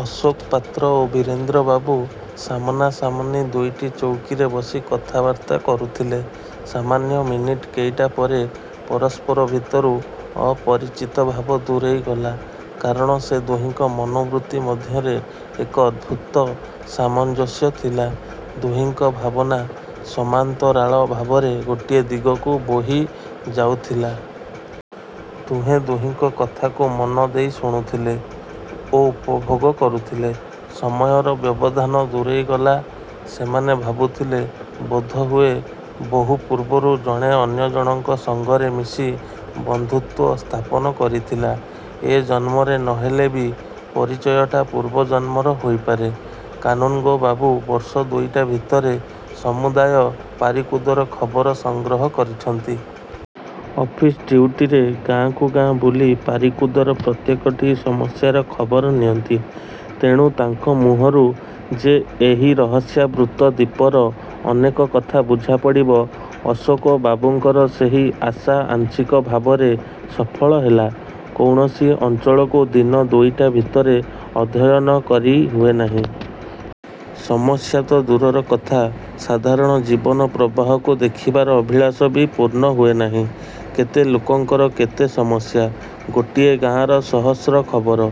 ଅଶୋକ ପାତ୍ର ଓ ବୀରେନ୍ଦ୍ର ବାବୁ ସାମନା ସାମନି ଦୁଇଟି ଚୌକିରେ ବସି କଥାବାର୍ତ୍ତା କରୁଥିଲେ। ସାମାନ୍ୟ ମିନିଟ୍ କେଇଟା ପରେ ପରସ୍ପର ଭିତରୁ ଅପରିଚିତ ଭାବ ଦୂରେଇ ଗଲା। କାରଣ ସେ ଦୁହିଙ୍କ ମନୋବୃତ୍ତି ମଧ୍ୟରେ ଏକ ଅଦ୍ଭୁତ ସାମଞ୍ଜସ୍ୟ ଥିଲା। ଦୁହିଙ୍କ ଭାବନା ସମାନ୍ତରାଳ ଭାବରେ ଗୋଟିଏ ଦିଗକୁ ବୋହି ଯାଉଥିଲା। ଦୁହେଁ ଦୁହିଙ୍କ କଥାକୁ ମନଦେଇ ଶୁଣୁଥିଲେ ଓ ଉପଭୋଗ କରୁଥିଲେ। ସମୟର ବ୍ୟବଧାନ ଦୂରେଇ ଗଲା। ସେମାନେ ଭାବୁଥିଲେ, ବୋଧହୁଏ ବହୁପୂର୍ବରୁ ଜଣେ ଅନ୍ୟଜଣଙ୍କ ସଙ୍ଗରେ ମିଶି ବନ୍ଧୁତ୍ୱ ସ୍ଥାପନ କରିଥିଲା। ଏ ଜନ୍ମରେ ନହେଲେ ବି ପରିଚୟଟା ପୂର୍ବଜନ୍ମର ହୋଇପାରେ। କାନୁନ୍ଗୋ ବାବୁ ବର୍ଷ ଦୁଇଟା ଭିତରେ ସମୁଦାୟ ପାରିକୁଦର ଖବର ସଂଗ୍ରହ କରିଛନ୍ତି-। ଅଫିସ୍ଡ୍ୟୁଟିରେ ଗାଁକୁ ଗାଁ ବୁଲି ପାରିକୁଦର ପ୍ରତ୍ୟେକଟି ସମସ୍ୟାର ଖବର ନିଅନ୍ତି। ତେଣୁ ତାଙ୍କ ମୁହଁରୁ ଯେ ଏହି ରହସ୍ୟାବୃତ୍ତ ଦ୍ୱୀପର ଅନେକ କଥା ବୁଝା ପଡ଼ିବ, ଅଶୋକ ବାବୁଙ୍କର ସେହି ଆଶା ଆଂଶିକ ଭାବରେ ସଫଳ ହେଲା। କୌଣସି ଅଞ୍ଚଳକୁ ଦିନ ଦୁଇଟା ଭିତରେ ଅଧ୍ୟୟନ କରି ହୁଏନାହିଁ। ସମସ୍ୟାତ ଦୂରର କଥା, ସାଧାରଣ ଜୀବନ ପ୍ରବାହକୁ ଦେଖିବାର ଅଭିଳାଷ ବି ପୂର୍ଣ୍ଣ ହୁଏନାହିଁ। କେତେ ଲୋକଙ୍କର କେତେ ସମସ୍ୟା! ଗୋଟିଏ ଗାଁର ସହସ୍ର ଖବର।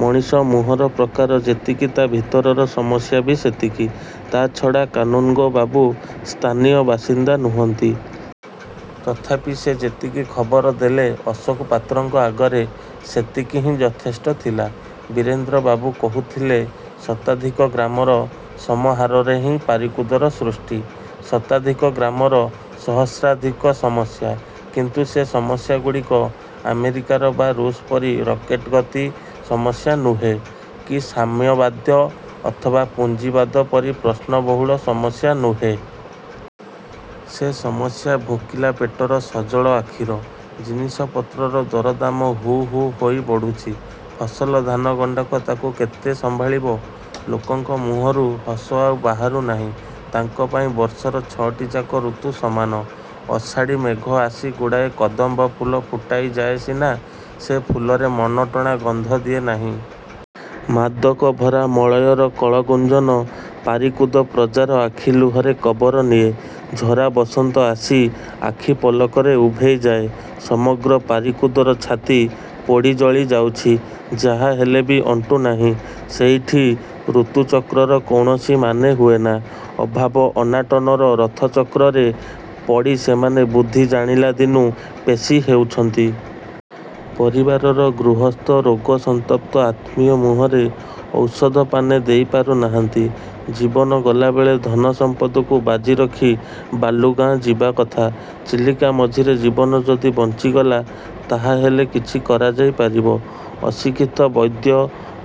ମଣିଷ ମୁହଁର ପ୍ରକାର ଯେତିକି ତା ଭିତରର ସମସ୍ୟା ବି ସେତିକି। ତା'ଛଡ଼ା କାନୁନ୍ଗୋ ବାବୁ ସ୍ଥାନୀୟ ବାସିନ୍ଦା ନୁହଁନ୍ତି। ତଥାପି ସେ ଯେତିକି ଖବର ଦେଲେ ଅଶୋକ ପାତ୍ରଙ୍କ ଆଗରେ ସେତିକି ହିଁ ଯଥେଷ୍ଟ ଥିଲା। ବୀରେନ୍ଦ୍ରବାବୁ କହୁଥିଲେ, ଶତାଧିକ ଗ୍ରାମର ସମହାରରେହିଁ ପାରିକୁଦର ସୃଷ୍ଟି। ଶତାଧିକ ଗ୍ରାମର ସହସ୍ରାଧିକ ସମସ୍ୟା। କିନ୍ତୁ ସେ ସମସ୍ୟାଗୁଡ଼ିକ ଆମେରିକା ବା ରୁଷ ପରି ରକେଟ୍ଗତି ସମସ୍ୟା ନୁହେ କି ସାମ୍ୟବାଦ ଅଥବା ପୁଞ୍ଜିବାଦ ପରି ପ୍ରଶ୍ନ-ବହୁଳ ସମସ୍ୟା ନୁହେ। ସେ ସମସ୍ୟା ଭୋଖିଲା ପେଟର, ସଜଳ ଆଖିର। ଜିନିଷପତ୍ରର ଦରଦାମ ହୁ ହୁ ହୋଇ ବଢ଼ୁଛି। ଫସଲ ଧାନ ଗଣ୍ଡାକ ତାକୁ କେତେ ସମ୍ଭାଳିବ? ଲୋକଙ୍କ ମୁହଁରୁ ହସ ଆଉ ବାହୁରୁ ନାହିଁ। ତାଙ୍କ ପାଇଁ ବର୍ଷର ଛଅଟିଯାକ ଋତୁ ସମାନ। ଆଷାଢ଼ୀ ମେଘ ଆସି ଗୁଡ଼ାଏ କଦମ୍ବ ଫୁଲ ଫୁଟାଇ ଯାଏ ସିନା, ସେ ଫୁଲରେ ମନଟଣା ଗନ୍ଧ ଦିଏ ନାହିଁ। ମାଦକ ଭରା ମଳୟର କଳଗୁଞ୍ଜନ ପାରିକୁଦ ପ୍ରଜାର ଆଖି ଲୁହରେ କବର ନିଏ। ଝରା ବସନ୍ତ ଆସି ଆଖି ପଲକରେ ଉଭେଇ ଯାଏ। ସମଗ୍ର ପାରିକୁଦର ଛାତି ପୋଡ଼ିଜଳି ଯାଉଛି। ଯାହା ହେଲେ ବି ଅଣ୍ଟୁ ନାହିଁ। ସେଇଠି ଋତୁଚକ୍ରର କୌଣସି ମାନେ ହୁଏନାଁ। ଅଭାବ, ଅନାଟନର ରଥଚକ୍ରରେ ପଡ଼ି ସେମାନେ ବୁଦ୍ଧି ଜାଣିଲା ଦିନୁ ପେଷି ହେଉଛନ୍ତି। ପରିବାରର ଗୃହସ୍ଥ ରୋଗ-ସନ୍ତପ୍ତ-ଆତ୍ମୀୟ ମୁହଁରେ ଔଷଧ ପାନେ ଦେଇପାରୁ ନାହାନ୍ତି। ଜୀବନ ଗଲାବେଳେ ଧନ ସମ୍ପଦକୁ ବାଜି ରଖି ବାଲୁଗାଁ ଯିବା କଥା। ଚିଲିକା ମଝିରେ ଜୀବନ ଯଦି ବଞ୍ଚିଗଲା, ତାହାହେଲେ କିଛି କରାଯାଇ ପାରିବ। ଅଶିକ୍ଷିତ ବୈଦ୍ୟ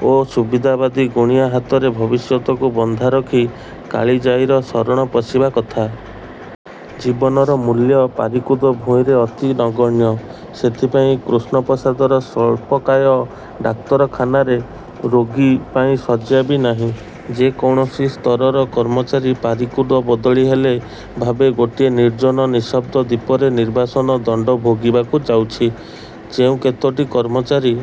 ଓ ସୁବିଧାବାଦୀ ଗୁଣିଆ ହାତରେ ଭବିଷ୍ୟତକୁ ବନ୍ଧା ରଖି କାଳିଜାଈର ଶରଣ ପଶିବା କଥା। ଜୀବନର ମୂଲ୍ୟ ପାରିକୁଦ ଭୂଇଁରେ ଅତି ନଗଣ୍ୟ। ସେଇଥିପାଇଁ କୃଷ୍ଣପ୍ରସାଦର ସ୍ୱଳ୍ପକାୟ ଡାକ୍ତରଖାନାରେ ରୋଗୀ ପାଇଁ ଶଯ୍ୟା ବି ନାହିଁ। ଯେ କୌଣସି ସ୍ତରର କର୍ମଚାରୀ, ପାରିକୁଦ ବଦଳି ହେଲେ ଭାବେ ଗୋଟିଏ ନିର୍ଜନ ନିଃଶବ୍ଦ ଦ୍ୱୀପରେ ନିର୍ବାସନ ଦଣ୍ଡ ଭୋଗିବାକୁ ଯାଉଛି। ଯେଉଁ କେତୋଟି କର୍ମଚାରୀ